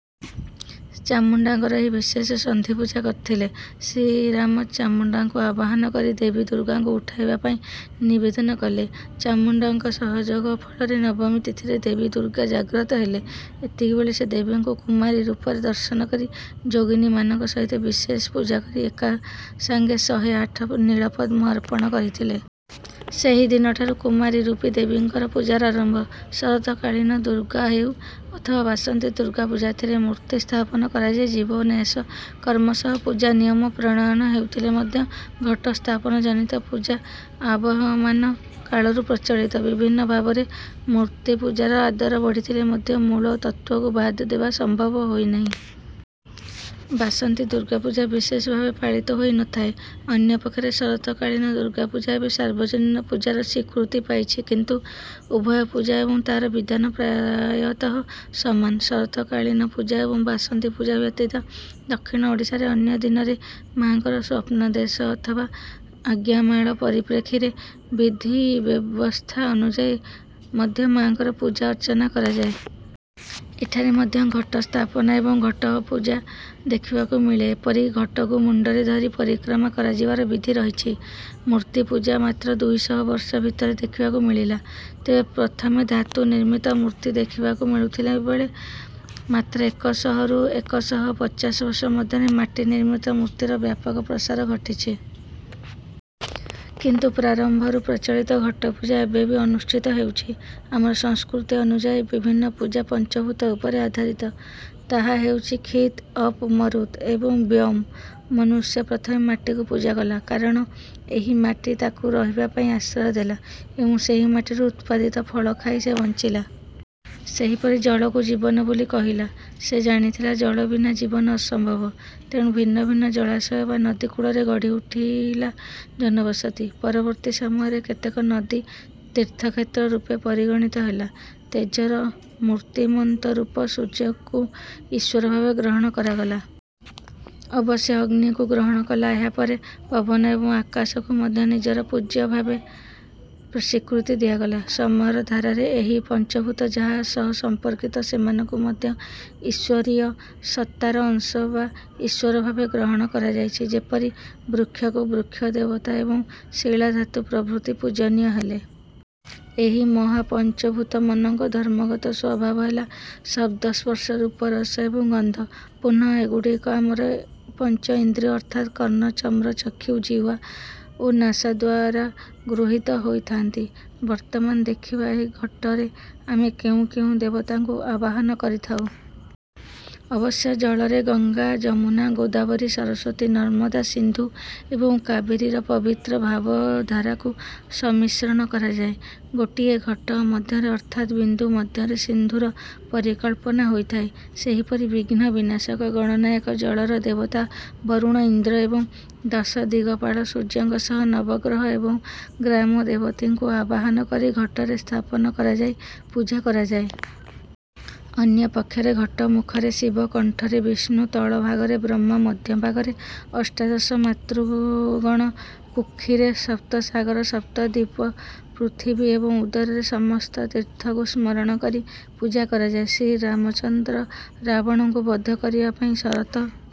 ଚାମୁଣ୍ଡାଙ୍କର ଏହି ବିଶେଷ ସନ୍ଧିପୂଜା କରିଥିଲେ। ଶ୍ରୀରାମ ଚାମୁଣ୍ଡାଙ୍କୁ ଆବାହନ କରି ଦେବୀ ଦୁର୍ଗାଙ୍କୁ ଉଠାଇବା ପାଇଁ ନିବେଦନ କଲେ। ଚାମୁଣ୍ଡାଙ୍କ ସହଯୋଗ ଫଳରେ ନବମୀ ତିଥିରେ ଦେବୀ ଦୁର୍ଗା ଜାଗ୍ରତ ହେଲେ। ଏତିକିବେଳେ ସେ ଦେବୀଙ୍କୁ କୁମାରୀ ରୂପରେ ଦର୍ଶନ କରି ଯୋଗିନୀମାନଙ୍କ ସହିତ ବିଶେଷ ପୂଜା କରି ଏକାସାଙ୍ଗେ ଶହେଆଠ ନୀଳପଦ୍ମ ଅର୍ପଣ କରିଥିଲେ। ସେହି ଦିନଠାରୁ କୁମାରୀ ରୂପୀ ଦେବୀଙ୍କର ପୂଜାର ଆରମ୍ଭ। ଶରତକାଳୀନ ଦୁର୍ଗା ହେଉ ଅଥବା ବାସନ୍ତି ଦୁର୍ଗାପୂଜା ଏଥିରେ ମୂର୍ତ୍ତି ସ୍ଥାପନ କରାଯାଇ ଜୀବନ୍ୟାସ କର୍ମ ସହ ପୂଜା ନିୟମ ପ୍ରଣୟନ ହେଉଥିଲେ ମଧ୍ୟ ଘଟସ୍ଥାପନ ଜନିତ ପୂଜା ଆବହମାନ କାଳରୁ ପ୍ରଚଳିତ। ବିଭିନ୍ନ ଭାବରେ ମୂର୍ତ୍ତିପୂଜାର ଆଦର ବଢିଥିଲେ ମଧ୍ୟ ମୂଳ ତତ୍ତ୍ୱକୁ ବାଦ ଦେବା ସମ୍ଭବ ହୋଇନାହିଁ। ବାସନ୍ତୀ ଦୁର୍ଗାପୂଜା ବିଶେଷ ଭାବେ ପାଳିତ ହୋଇ ନ ଥାଏ। ଅନ୍ୟପକ୍ଷରେ ଶରତକାଳୀନ ଦୁର୍ଗାପୂଜା ଏବେ ସାର୍ବଜନୀନ ପୂଜାର ସ୍ୱୀକୃତି ପାଇଛି କିନ୍ତୁ ଉଭୟ ପୂଜା ଏବଂ ତାର ବିଧାନ ପ୍ରାୟତଃ ସମାନ। ଶରତକାଳୀନ ପୂଜା ଏବଂ ବାସନ୍ତୀପୂଜା ବ୍ୟତୀତ ଦକ୍ଷିଣ ଓଡ଼ିଶାରେ ଅନ୍ୟ ଦିନରେ ମାଙ୍କର ସ୍ୱପ୍ନାଦେଶ ଅଥବା ଆଜ୍ଞାମାଳ ପରିପ୍ରେକ୍ଷୀରେ ବିଧିବ୍ୟବସ୍ଥା ଅନୁଯାୟୀ ମଧ୍ୟ ମାଙ୍କର ପୂଜା ଅର୍ଚ୍ଚନା କରାଯାଏ। ଏଠାରେ ମଧ୍ୟ ଘଟ ସ୍ଥାପନ ଏବଂ ଘଟପୂଜା ଦେଖିବାକୁ ମିଳେ ଏପରିକି ଘଟକୁ ମୁଣ୍ଡରେ ଧରି ପରିକ୍ରମା କରାଯିବାର ବିଧି ରହିଛି। ମୂର୍ତ୍ତିପୂଜା ମାତ୍ର ଦୁଇ ଶହ ବର୍ଷ ଭିତରେ ଦେଖିବାକୁ ମିଳିଲା। ତେବେ ପ୍ରଥମେ ଧାତୁ ନିର୍ମିତ ମୂର୍ତ୍ତି ଦେଖିବାକୁ ମିଳୁଥିବା ବେଳେ ମାତ୍ର ଏକ ଶହରୁ ଏକ ଶହ ପଚାଶ ବର୍ଷ ମଧ୍ୟରେ ମାଟି ନିର୍ମିତ ମୂର୍ତ୍ତିର ବ୍ୟାପକ ପ୍ରସାର ଘଟିଛି। କିନ୍ତୁ ପ୍ରାରମ୍ଭରୁ ପ୍ରଚଳିତ ଘଟପୂଜା ଏବେ ବି ଅନୁଷ୍ଠିତ ହେଉଛି। ଆମର ସଂସ୍କୃତି ଅନୁଯାୟୀ ବିଭିନ୍ନ ପୂଜା ପଞ୍ଚଭୂତ ଉପରେ ଆଧାରିତ। ତାହା ହେଉଛି କ୍ଷିତ୍ ଅପ୍ ମରୁତ୍ ଏବଂ ବ୍ୟୋମ୍। ମନୁଷ୍ୟ ପ୍ରଥମେ ମାଟିକୁ ପୂଜାକଲା। କାରଣ ଏହି ମାଟି ତାକୁ ରହିବା ପାଇଁ ଆଶ୍ରୟ ଦେଲା ଏବଂ ସେହିମାଟିରୁ ଉତ୍ପାଦିତ ଫଳ ଖାଇ ସେ ବଞ୍ଚିଲା। ସେହିପରି ଜଳ କୁ ଜୀବନ ବୋଲି କହିଲା। ସେ ଜାଣିଥିଲା ଜଳ ବିନା ଜୀବନ ଅସମ୍ଭବ। ତେଣୁ ଭିନ୍ନ ଭିନ୍ନ ଜଳାଶୟ ବା ନଦୀକୂଳରେ ଗଢିଉଠିଲା ଜନବସତି। ପରବର୍ତ୍ତୀ ସମୟରେ କେତେକ ନଦୀ ତୀର୍ଥକ୍ଷେତ୍ର ରୂପେ ପରିଗଣିତ ହେଲେ। ତେଜର ମୂର୍ତ୍ତିମନ୍ତ ରୂପ ସୂର୍ଯ୍ୟଙ୍କୁ ଈଶ୍ୱର ଭାବେ ଗ୍ରହଣ କରାଗଲା। ଅବଶ୍ୟ ଅଗ୍ନିକୁ ଗ୍ରହଣ କଲା ଏହାପରେ। ପବନ ଏବଂ ଆକାଶ କୁ ମଧ୍ୟ ନିଜର ପୂଜ୍ୟ ଭାବେ ସ୍ୱୀକୃତି ଦିଆଗଲା। ସମୟର ଧାରାରେ ଏହି ପଞ୍ଚଭୂତ ଯାହା ସହ ସମ୍ପର୍କିତ ସେମାନଙ୍କୁ ମଧ୍ୟ ଈଶ୍ୱରୀୟ ସତ୍ତାର ଅଂଶ ବା ଈଶ୍ୱର ଭାବେ ଗ୍ରହଣ କରାଯାଇଛି। ଯେପରି ବୃକ୍ଷକୁ ବୃକ୍ଷଦେବତା ଏବଂ ଶିଳା ଧାତୁ ପ୍ରଭୃତି ପୂଜନୀୟ ହେଲେ। ଏହି ମହାପଞ୍ଚଭୂତମନଙ୍କ ଧର୍ମଗତ ସ୍ୱଭାବ ହେଲା ଶବ୍ଦ ସ୍ପର୍ଶ ରୂପ ରସ ଏବଂ ଗନ୍ଧ। ପୁନଃ ଏଗୁଡ଼ିକ ଆମର ପଞ୍ଚଇନ୍ଦ୍ରୀୟ ଅର୍ଥାତ୍ କର୍ଣ୍ଣ ଚର୍ମ ଚକ୍ଷୁ ଜିହ୍ୱା ଓ ନାସାଦ୍ୱାରା ଗୃହିତ ହୋଇଥାନ୍ତି। ବର୍ତ୍ତମାନ ଦେଖିବା ଏହି ଘଟରେ ଆମେ କେଉଁ କେଉଁ ଦେବତାଙ୍କୁ ଆବାହନ କରିଥାଉ। ଅବଶ୍ୟ ଜଳରେ ଗଙ୍ଗା ଯମୁନା ଗୋଦାବରୀ ସରସ୍ୱତୀ ନର୍ମଦା ସିନ୍ଧୁ ଏବଂ କାବେରୀର ପବିତ୍ର ଭାବଧାରାକୁ ସମ୍ମିଶ୍ରଣ କରାଯାଏ। ଗୋଟିଏ ଘଟ ମଧ୍ୟରେ ଅର୍ଥାତ ବିନ୍ଦୁ ମଧ୍ୟରେ ସିନ୍ଧୁର ପରିକଳ୍ପନା ହୋଇଥାଏ। ସେହିପରି ବିଘ୍ନ ବିନାଶକ ଗଣନାୟକ ଜଳର ଦେବତା ବରୁଣ ଇନ୍ଦ୍ର ଏବଂ ଦଶଦିଗପାଳ ସୂର୍ଯ୍ୟଙ୍କ ସହ ନବଗ୍ରହ ଏବଂ ଗ୍ରାମଦେବତୀଙ୍କୁ ଆବାହନ କରି ଘଟରେ ସ୍ଥାପନା କରାଯାଇ ପୂଜା କରାଯାଏ। ଅନ୍ୟ ପକ୍ଷରେ ଘଟ ମୁଖରେ ଶିବ କଣ୍ଠରେ ବିଷ୍ଣୁ ତଳ ଭାଗରେ ବ୍ରହ୍ମା ମଧ୍ୟଭାଗରେ ଅଷ୍ଟାଦଶ ମାତୃଗଣ କୁକ୍ଷୀରେ ସପ୍ତସାଗର ସପ୍ତଦ୍ୱୀପ ପୃଥିବୀ ଏବଂ ଉଦରରେ ସମସ୍ତ ତୀର୍ଥକୁ ସ୍ମରଣ କରି ପୂଜା କରାଯାଏ। ଶ୍ରୀରାମଚନ୍ଦ୍ର ରାବଣଙ୍କୁ ବଧ କରିବା ପାଇଁ ଶରତ